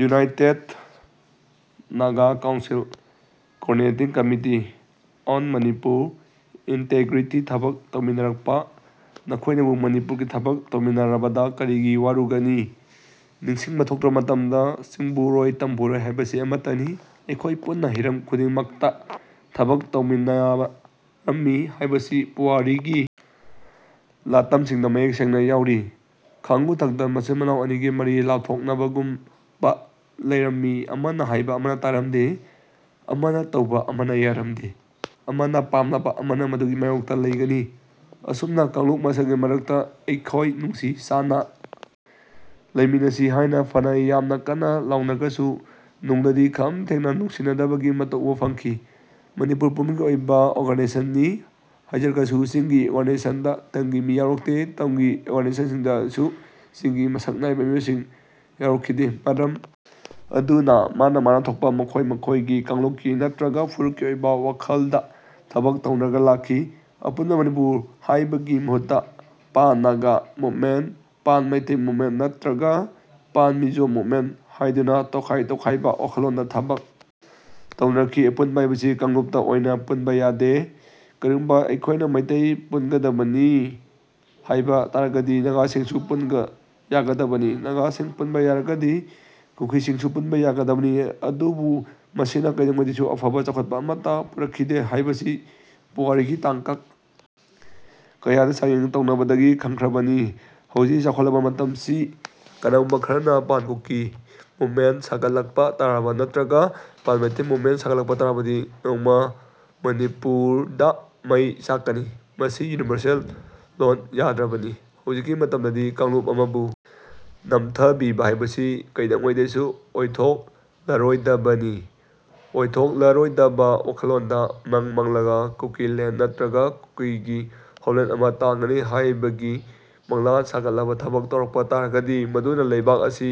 United Naga council, coordinating committee on Manipur integrity ꯊꯕꯛ ꯇꯧꯃꯤꯟꯅꯔꯛꯄ ꯅꯈꯣꯏꯅꯕꯨ ꯃꯅꯤꯄꯨꯔꯒꯤ ꯊꯕꯛ ꯇꯧꯃꯤꯟꯅꯔꯕꯗ ꯀꯔꯤꯒꯤ ꯋꯥꯔꯨꯒꯅꯤ ꯅꯤꯡꯁꯤꯡꯕ ꯊꯣꯛꯇ꯭ꯔꯕ ꯃꯇꯝꯗ ꯆꯤꯡꯕꯨꯔꯣꯏ ꯇꯝꯕꯨꯔꯣꯏ ꯍꯥꯏꯕꯁꯤ ꯑꯃꯠꯇꯅꯤ꯫ ꯑꯩꯈꯣꯏ ꯄꯨꯟꯅ ꯍꯤꯔꯝ ꯈꯨꯗꯤꯡ ꯃꯛꯇ ꯊꯕꯛ ꯇꯧꯃꯤꯟꯅ ꯔꯝꯃꯤ ꯍꯥꯏꯕꯁꯤ ꯄꯨꯋꯥꯔꯤꯒꯤ ꯂꯥꯇꯝꯁꯤꯡꯗ ꯃꯌꯦꯛ ꯁꯦꯡꯅ ꯌꯥꯎꯔꯤ꯫ ꯈꯥꯡꯉꯨꯊꯛꯇ ꯃꯆꯤꯟ-ꯃꯅꯥꯎ ꯑꯅꯤꯒꯤ ꯃꯔꯤ ꯂꯥꯞꯊꯣꯛ ꯅꯕꯒꯨꯝꯕ ꯂꯩꯔꯝ ꯃꯤ꯫ ꯑꯃꯅ ꯍꯥꯏꯕ ꯑꯃꯅ ꯇꯥꯔꯝꯗꯦ, ꯑꯃꯅ ꯇꯧꯕ ꯑꯃꯅ ꯌꯥꯔꯝꯗꯦ, ꯑꯃꯅ ꯄꯥꯝꯂꯕ ꯑꯃꯅ ꯃꯗꯨꯒꯤ ꯃꯥꯌꯣꯛꯇ ꯂꯩꯒꯅꯤ꯫ ꯑꯁꯨꯝꯅ ꯀꯥꯡꯂꯨꯞ ꯃꯁꯦꯜꯒꯤ ꯃꯔꯛꯇ ꯑꯩꯈꯣꯏ ꯅꯨꯡꯁꯤ ꯆꯥꯟꯅ ꯂꯩꯃꯤꯟꯅꯁꯤ ꯍꯥꯏꯅ ꯐꯅ ꯌꯥꯃꯅ ꯀꯟꯅ ꯂꯥꯎꯅꯔꯒꯁꯨ ꯅꯨꯡꯗꯗꯤ ꯈꯝ ꯊꯦꯡꯅ ꯅꯨꯡꯁꯤꯅꯗꯕꯒꯤ ꯃꯇꯧ ꯎꯕ ꯐꯪꯈꯤ꯫ ꯃꯅꯤꯄꯨꯔ ꯄꯨꯝꯕꯒꯤ ꯑꯣꯏꯕ ꯑꯣꯔꯒꯅꯥꯏꯖꯦꯁꯟꯅꯤ ꯍꯥꯏꯖꯔꯒꯁꯨ ꯆꯤꯡꯒꯤ ꯑꯣꯔꯒꯅꯥꯏꯖꯦꯁꯟꯗ ꯇꯝꯒꯤ ꯃꯤ ꯌꯥꯎꯔꯛꯇꯦ꯫ ꯇꯝꯒꯤ ꯑꯣꯔꯒꯅꯥꯏꯖꯦꯁꯟꯁꯤꯡ ꯗꯁꯨ ꯆꯤꯡꯒꯤ ꯃꯁꯛ ꯅꯥꯏꯕ ꯃꯤꯑꯣꯏꯁꯤꯡ ꯌꯥꯎꯔꯛ ꯈꯤꯗꯦ꯫ ꯃꯔꯝ ꯑꯗꯨꯅ ꯃꯥꯅꯥ ꯃꯥꯅꯥ ꯊꯣꯛꯄ ꯃꯈꯣꯏ ꯃꯈꯣꯏꯒꯤ ꯀꯥꯡꯂꯨꯞꯀꯤ ꯅꯠꯇ꯭ꯔꯒ ꯐꯨꯔꯨꯞꯀꯤ ꯑꯣꯏꯕ ꯋꯥꯈꯜꯗ ꯊꯕꯛ ꯇꯧꯅꯔꯒ ꯂꯥꯛꯈꯤ꯫ ꯑꯄꯨꯟꯕ ꯃꯅꯤꯄꯨꯔ ꯍꯥꯏꯕꯒꯤ ꯃꯍꯨꯠꯇ pan Naga movement, pan Meitei movement ꯅꯠꯇ꯭ꯔꯒ ꯄꯥꯟ ꯃꯤꯖꯣ ꯃꯨꯚꯃꯦꯟꯠ ꯍꯥꯏꯗꯨꯅ ꯇꯣꯈꯥꯏ ꯇꯣꯈꯥꯏꯕ ꯋꯥꯈꯜꯂꯣꯟꯗ ꯊꯕꯛ ꯇꯧꯅꯔꯛꯈꯤ꯫ ꯑꯄꯨꯟꯕ ꯍꯥꯏꯕꯁꯤ ꯀꯥꯡꯂꯨꯞꯇ ꯑꯣꯏꯅ ꯄꯨꯟꯕ ꯌꯥꯗꯦ꯫ ꯀꯔꯤꯒꯨꯝꯕ ꯑꯩꯈꯣꯏꯅ ꯃꯩꯇꯩ ꯄꯨꯟꯒꯗꯕꯅꯤ ꯍꯥꯏꯕ ꯇꯥꯔꯒꯗꯤ ꯅꯥꯒꯥꯁꯤꯡꯁꯨ ꯄꯨꯟꯕ ꯌꯥꯒꯗꯕꯅꯤ꯫ ꯅꯥꯒꯥꯁꯤꯡ ꯄꯨꯟꯕ ꯌꯥꯔꯒꯗꯤ ꯀꯨꯀꯤꯁꯤꯡꯁꯨ ꯄꯨꯟꯕ ꯌꯥꯒꯗꯕꯅꯤ꯫ ꯑꯗꯨꯕꯨ ꯃꯁꯤꯅ ꯀꯩꯗꯧꯉꯩꯗꯁꯨ ꯑꯐꯕ, ꯆꯥꯎꯈꯠꯄ ꯑꯃꯠꯇ ꯄꯨꯔꯛ ꯈꯤꯗꯦ ꯍꯥꯏꯕꯁꯤ ꯄꯨꯋꯥꯔꯤꯒꯤ ꯇꯥꯡꯀꯛ ꯀꯌꯥꯗ ꯆꯥꯡꯌꯦꯡ ꯇꯧꯅꯕꯗꯒꯤ ꯈꯪꯈ꯭ꯔꯕꯅꯤ꯫ ꯍꯧꯖꯤꯛꯀꯤ ꯆꯥꯎꯈꯠꯂꯕ ꯃꯇꯝꯁꯤ ꯀꯅꯥꯒꯨꯃꯕ ꯈꯔꯅ ꯄꯥꯟ ꯀꯨꯀꯤ ꯃꯨꯚꯃꯦꯟꯠ ꯁꯥꯒꯠ ꯂꯛꯄ ꯇꯥꯔꯕ ꯅꯠꯇ꯭ꯔꯒ ꯄꯥꯟ ꯃꯩꯇꯩ ꯃꯨꯚꯃꯦꯟꯠ ꯁꯥꯒꯠꯂꯛꯄ ꯇꯥꯔꯒꯗꯤ ꯅꯣꯡꯃꯥ ꯃꯅꯤꯄꯨꯔꯗ ꯃꯩ ꯆꯥꯛꯀꯅꯤ꯫ ꯃꯁꯤ ꯌꯨꯅꯤꯚꯔꯁꯦꯜ ꯂꯣꯅ ꯌꯥꯗ꯭ꯔꯕꯅꯤ꯫ ꯍꯧꯖꯤꯛꯀꯤ ꯃꯇꯝꯗꯗꯤ ꯀꯥꯡꯂꯨꯞ ꯑꯃꯕꯨ ꯅꯝꯊꯕꯤꯕ ꯍꯥꯏꯕꯁꯤ ꯀꯩꯗꯧꯉꯩꯗꯁꯨ ꯑꯣꯏꯊꯣꯛ ꯂꯔꯣꯏꯗꯕꯅꯤ꯫ ꯑꯣꯏꯊꯣꯛ ꯂꯔꯣꯏꯗꯕ ꯋꯥꯈꯜꯂꯣꯟꯗ ꯃꯪ ꯃꯪꯂꯒ ꯀꯨꯀꯤꯂꯦꯟꯗ ꯅꯠꯇ꯭ꯒ ꯀꯨꯀꯤꯒꯤ ꯍꯣꯝꯂꯦꯟꯗ ꯑꯃ ꯇꯥꯟꯒꯅꯤ ꯍꯥꯏꯕꯒꯤ ꯃꯪꯂꯥꯟ ꯁꯥꯒꯠꯂꯒ ꯊꯕꯛ ꯇꯧꯔꯛꯄ ꯇꯥꯔꯒꯗꯤ ꯃꯗꯨꯅ ꯂꯩꯕꯥꯛ ꯑꯁꯤ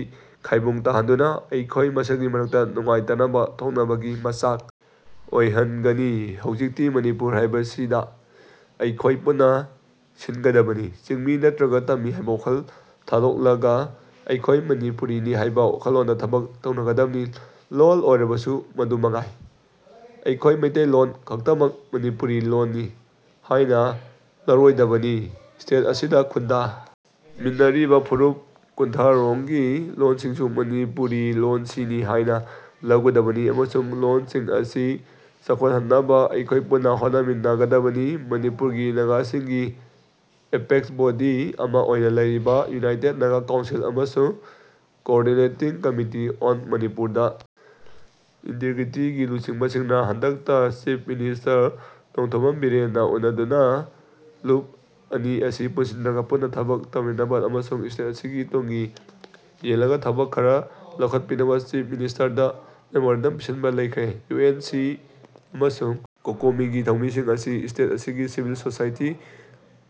ꯈꯥꯏꯕꯨꯡ ꯇꯥꯍꯟꯗꯨꯅ ꯑꯩꯈꯣꯏ ꯃꯁꯦꯜꯒꯤ ꯃꯔꯛꯇ ꯅꯨꯡꯉꯥꯏꯇꯅꯕ ꯊꯣꯛꯅꯕꯒꯤ ꯃꯆꯥꯛ ꯑꯣꯏꯍꯟꯒꯅꯤ꯫ ꯍꯧꯖꯤꯛꯇꯤ ꯃꯅꯤꯄꯨꯔ ꯍꯥꯏꯕꯁꯤꯗ ꯑꯩꯈꯣꯏ ꯄꯨꯟ ꯁꯤꯟꯒꯗꯕꯅꯤ꯫ ꯆꯤꯡꯃꯤ ꯅꯠꯇ꯭ꯔꯒ ꯇꯝꯃꯤ ꯍꯥꯏꯕ ꯋꯥꯈꯜ ꯊꯥꯗꯣꯛꯂꯒ ꯑꯩꯈꯣꯏ ꯃꯅꯤꯄꯨꯔꯤꯅꯤ ꯍꯥꯏꯕ ꯋꯥꯈꯜꯂꯣꯟꯗ ꯊꯕꯛ ꯇꯧꯅꯒꯗꯕꯅꯤ꯫ ꯂꯣꯜ ꯑꯣꯏꯔꯕꯁꯨ ꯑꯗꯨ ꯃꯉꯥꯏ꯫ ꯑꯩꯈꯣꯏ ꯃꯩꯇꯩꯂꯣꯜ ꯈꯛꯇꯃꯛ ꯃꯅꯤꯄꯨꯔꯤ ꯂꯣꯜꯅꯤ ꯍꯥꯏꯅ ꯂꯧꯔꯣꯏꯗꯕꯅꯤ꯫ ꯏꯁꯇꯦꯠ ꯑꯁꯤꯗ ꯈꯨꯟꯗꯥ ꯃꯤꯟꯅꯔꯤꯕ ꯐꯨꯔꯨꯞ ꯀꯨꯟꯊ꯭ꯔ ꯔꯣꯝꯒꯤ ꯂꯣꯜꯁꯤꯡꯁꯨ ꯃꯅꯤꯄꯨꯔꯤ ꯂꯣꯜꯁꯤꯅꯤ ꯍꯥꯏꯅ ꯂꯧꯒꯗꯕꯅꯤ ꯑꯃꯁꯨꯡ ꯂꯣꯜꯁꯤꯡ ꯑꯁꯤ ꯆꯥꯎꯈꯠꯍꯟꯅꯕ ꯑꯩꯈꯣꯏ ꯄꯨꯟꯅ ꯍꯣꯠꯅ ꯃꯤꯟꯅ ꯒꯗꯕꯅꯤ꯫ ꯃꯅꯤꯄꯨꯔꯒꯤ ꯅꯥꯒꯥꯁꯤꯡꯒꯤ ꯑꯦꯄꯦꯛꯁ ꯕꯣꯗꯤ ꯑꯃ ꯑꯣꯏꯅ ꯂꯩꯔꯤꯕ ꯌꯨꯅꯥꯏꯇꯦꯗ ꯅꯥꯒꯥ ꯀꯥꯎꯟꯁꯤꯜ ꯑꯃꯁꯨꯡ ꯀꯣꯑꯣꯔꯗꯤꯅꯦꯇꯤꯡ ꯀꯝꯃꯤꯇꯤ ꯑꯣꯟ ꯃꯅꯤꯄꯨꯔꯗ ꯏꯟꯇꯤꯒꯔꯤꯇꯤ ꯒꯤ ꯂꯨꯆꯤꯡꯕꯁꯤꯡꯅ ꯍꯟꯗꯛꯇ ꯆꯤꯐ ꯃꯤꯅꯤꯁꯇꯔ ꯅꯣꯡꯊꯣꯝꯕꯝ ꯕꯤꯔꯦꯟꯅ ꯎꯟꯅꯗꯨꯅ ꯂꯨꯞ ꯑꯅꯤ ꯑꯁꯤ ꯄꯨꯟꯁꯤꯟꯅꯔꯒ ꯄꯨꯟꯅ ꯊꯕꯛ ꯇꯧꯃꯤꯟꯅꯕ ꯑꯃꯁꯨꯡ ꯏꯁꯇꯦꯠ ꯑꯁꯤꯒꯤ ꯇꯨꯡꯒꯤ ꯌꯦꯡꯂꯒ ꯊꯕꯛ ꯈꯔ ꯂꯧꯈꯠꯄꯤꯅꯕ ꯆꯤꯐ ꯃꯤꯅꯤꯁꯇꯔꯗ ꯃꯦꯃꯣꯔꯦꯟꯗꯝ ꯄꯤꯁꯤꯟꯕ ꯂꯩꯈ꯭ꯔꯦ꯫ ꯌꯨ ꯑꯦꯟ ꯁꯤ ꯑꯃꯁꯨꯡ ꯀꯣꯀꯣꯃꯤꯒꯤ ꯊꯧꯃꯤꯁꯤꯡ ꯑꯁꯤ ꯏꯁꯇꯦꯠ ꯑꯁꯤꯒꯤ ꯁꯤꯚꯤꯜ ꯁꯣꯁꯥꯏꯇꯤ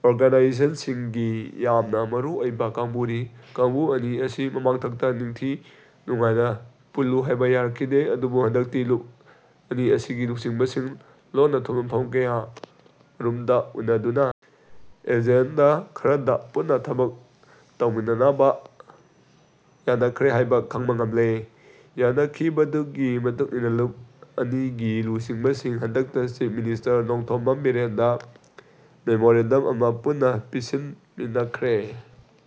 ꯑꯣꯔꯒꯅꯥꯏꯖꯦꯁꯟꯁꯤꯡꯒꯤ ꯌꯥꯃꯅ ꯃꯔꯨ ꯑꯣꯏꯕ ꯀꯥꯡꯕꯨꯅꯤ꯫ ꯀꯥꯡꯕꯨ ꯑꯅꯤ ꯑꯁꯤ ꯃꯃꯥꯡꯊꯛꯇ ꯅꯤꯡꯊꯤ ꯅꯨꯡꯉꯥꯏꯅ ꯄꯨꯜꯂꯨ ꯍꯥꯏꯕ ꯌꯥꯔꯛ ꯈꯤꯗꯦ꯫ ꯑꯗꯨꯕꯨ ꯍꯟꯗꯛꯇꯤ ꯂꯨꯞ ꯑꯅꯤ ꯑꯁꯤꯒꯤ ꯂꯨꯆꯤꯡꯕꯁꯤꯡ ꯂꯣꯟꯅ-ꯊꯨꯞꯅ ꯃꯐꯝ ꯀꯌꯥ ꯃꯔꯨꯝꯗ ꯎꯟꯅꯗꯨꯅ ꯑꯦꯖꯦꯟꯗ ꯈꯔꯗ ꯄꯨꯟꯅ ꯊꯕꯛ ꯇꯧꯃꯤꯟꯅꯕ ꯌꯥꯅꯈ꯭ꯔꯦ ꯍꯥꯏꯕ ꯈꯪꯕ ꯉꯝꯂꯦ꯫ ꯌꯥꯟꯅ ꯈꯤꯕꯗꯨꯒꯤ ꯃꯇꯨꯡ ꯏꯟꯅ ꯂꯨꯞ ꯑꯅꯤꯒꯤ ꯂꯨꯆꯤꯡꯕꯁꯤꯡ ꯍꯟꯗꯛꯇ ꯆꯤꯐ ꯃꯤꯅꯤꯁꯇꯔ ꯅꯣꯡꯊꯣꯝꯕꯝ ꯕꯤꯔꯦꯟꯗ ꯃꯦꯃꯣꯔꯦꯟꯗꯝ ꯑꯃ ꯄꯨꯟꯅ ꯄꯤꯁꯤꯟꯃꯤꯟꯅꯈ꯭ꯔꯦ